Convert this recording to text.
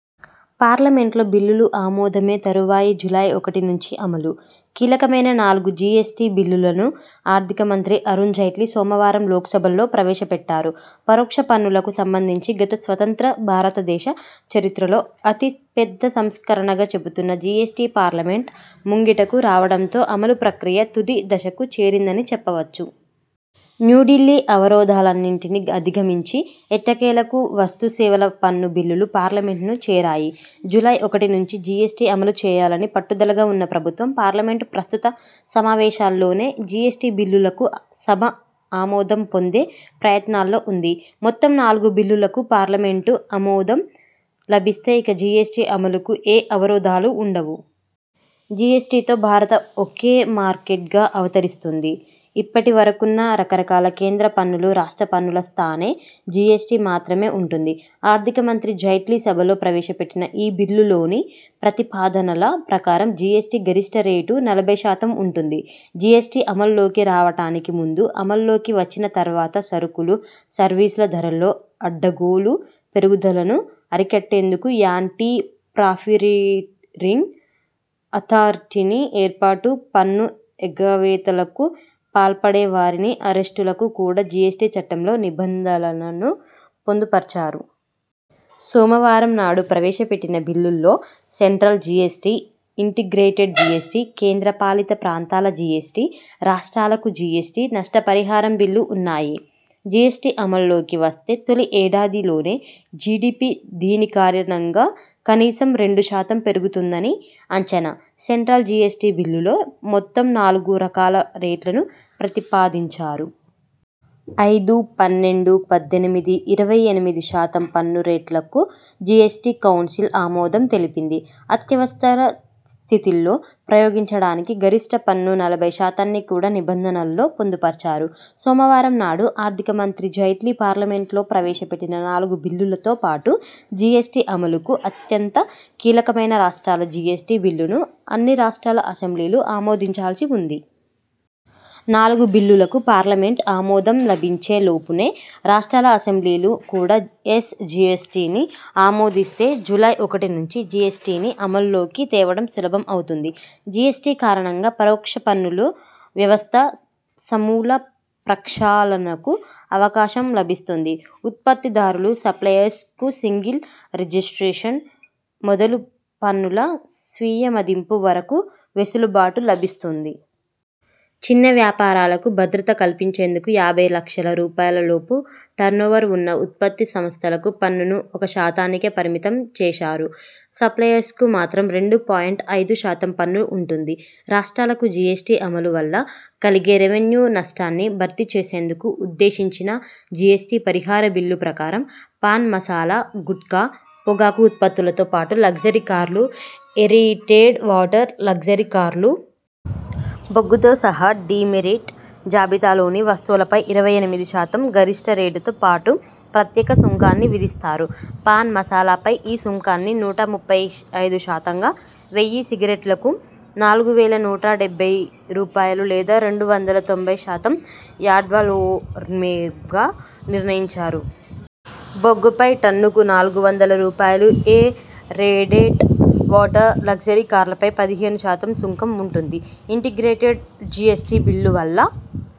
పార్లమెంట్లో బిల్లులు ఆమోదమే తరువాయి జూలై ఒకటి నుంచి అమలు! కీలకమైన నాలుగు జిఎస్టి బిల్లులను ఆర్థికమంత్రి అరుణ్ జైట్లీ సోమవారం లోక్సభలో ప్రవేశపెట్టారు. పరోక్ష పన్నులకు సంబంధించి గత స్వతంత్ర భారతదేశ చరిత్రలో అతి పెద్ద సంస్కరణగా చెబుతున్న జిఎస్టి పార్లమెంట్ ముంగిటకు రావడంతో అమలు ప్రక్రియ తుది దశకు చేరిందని చెప్పవచ్చు. న్యూఢిల్లీ అవరోధాలన్నింటినీ అధిగమించి ఎట్టకేలకు వస్తు సేవల పన్ను బిల్లులు పార్లమెంట్ను చేరాయి. జూలై ఒకటి నుంచే జిఎస్టి అమలు చేయాలని పట్టుదలగా ఉన్న ప్రభుత్వం పార్లమెంట్ ప్రస్తుత సమావేశాల్లోనే జిఎస్టి బిల్లులకు సభ ఆమోదం పొందే ప్రయత్నాల్లో ఉంది. మొత్తం నాలుగు బిల్లులకు పార్లమెంట్ ఆమోదం లభిస్తే ఇక జిఎస్టి అమలుకు ఏ అవరోధాలు ఉండవు. జిఎస్టితో భారత ఒకే మార్కెట్గా అవతరిస్తుంది. ఇప్పటి వరకున్న రకరకాల కేంద్ర పన్నులు, రాష్ట్ర పన్నుల స్థానే జిఎస్టి మాత్రమే ఉంటుంది. ఆర్థిక మంత్రి జైట్లీ సభలో ప్రవేశపెట్టిన ఈ బిల్లుల్లోని ప్రతిపాదనల ప్రకారం జిఎస్టి గరిష్ఠ రేటు నలభై శాతం ఉంటుంది. జిఎస్టి అమల్లోకి రావడానికి ముందు అమల్లోకి వచ్చిన తర్వాత సరుకులు, సర్వీసుల ధరల్లో అడ్డగోలు పెరుగుదలను అరికట్టేందుకు యాంటి ప్రాఫిటీరింగ్ అథార్టీని ఏర్పాటు, పన్ను ఎగవేతలకు పాల్పడేవారిని అరెస్టులకు కూడా జిఎస్టి చట్టంలో నిబంధనలను పొందుపర్చారు. సోమవారం నాడు ప్రవేశపెట్టిన బిల్లుల్లో సెంట్రల్ జిఎస్టి, ఇంటిగ్రేటెడ్ జిఎస్టి, కేంద్రపాలిత ప్రాంతాల జిఎస్టి, రాష్ట్రాలకు జిఎస్టి నష్టపరిహారం బిల్లు ఉన్నాయి. జిఎస్టి అమల్లోకి వస్తే తొలి ఏడాదిలోనే జిడిపి దీనికారణంగా కనీసం రెండు శాతం పెరుగుతుందని అంచనా. సెంట్రల్ జిఎస్టి బిల్లులో మొత్తం నాలుగు రకాల రేట్లను ప్రతిపాదించారు. ఐదు, పన్నెండు, పద్దెనిమిది, ఇరవై ఎనిమిది శాతం పన్ను రేట్లకు జిఎస్టి కౌన్సిల్ ఆమోదం తెలిపింది. అత్యవసర స్థితుల్లో ప్రయోగించడానికి గరిష్ఠ పన్ను నలభై శాతాన్ని కూడా నిబంధనల్లో పొందుపర్చారు. సోమవారం నాడు ఆర్థిక మంత్రి జైట్లీ పార్లమెంట్లో ప్రవేశపెట్టిన నాలుగు బిల్లులతో పాటు జిఎస్టి అమలుకు అత్యంత కీలకమైన రాష్ట్రాల జిఎస్టి బిల్లును అన్ని రాష్ట్రాల అసెంబ్లీలు ఆమోదించాల్సి ఉంది. నాలుగు బిల్లులకు పార్లమెంట్ ఆమోదం లభించే లోపునే రాష్ట్రాల అసెంబ్లీలు కూడా ఎస్ జిఎస్టిని ఆమోదిస్తే, జూలై ఒకటి నుంచి జిఎస్టిని అమల్లోకి తేవడం సులభం అవుతుంది. జిఎస్టి కారణంగా పరోక్ష పన్నుల వ్యవస్థ సమూల ప్రక్షాళనకు అవకాశం లభిస్తుంది. ఉత్పత్తిదారులు, సప్లయర్స్ కు సింగిల్ రిజిస్ట్రేషన్ మొదలు పన్నుల స్వీయమదింపు వరకు వెసులుబాటు లభిస్తుంది. చిన్న వ్యాపారాలకు భద్రత కల్పించేందుకు యాభై లక్షల రూపాయల లోపు టర్నోవర్ ఉన్న ఉత్పత్తి సంస్థలకు పన్నును ఒక శాతానికే పరిమితం చేశారు. సప్లయర్స్ కు మాత్రం రెండు పాయింట్ ఐదు శాతం పన్ను ఉంటుంది. రాష్ట్రాలకు జిఎస్టి అమలు వల్ల కలగే రెవెన్యూ నష్టాన్ని భర్తీ చేసేందుకు ఉద్దేశించిన జిఎస్టి పరిహార బిల్లు ప్రకారం, పాన్ మసాలా, గుట్కా, పొగాకు ఉత్పత్తులతో పాటు లగ్జరీ కార్లు, ఏరేటెడ్ వాటర్, లగ్జరీ కార్లు. బొగ్గుతో సహా డీమెరిట్ జాబితాలోని వస్తువులపై ఇరవై ఎనిమిది శాతం గరిష్ఠ రేటుతో పాటు ప్రత్యేక సుంకాన్ని విధిస్తారు. పాన్ మసాలాపై ఈ సుంకాన్ని నూట ముప్పై ఐదు శాతంగా, వెయ్యి సిగరెట్లకు నాలుగు వేల నూట డెబ్బై రూపాయలు లేదా రెండు వందల తొంభై శాతం యాడ్వాలొరెమ్గా నిర్ణయించారు. బొగ్గుపై టన్నుకు నాలుగు వందల రూపాయలు, ఏ రేటెడ్ వాటర్, లగ్జరీ కార్లపై పదిహేను శాతం సుంకం ఉంటుంది. ఇంటిగ్రేటెడ్ జిఎస్టి బిల్లు వల్ల,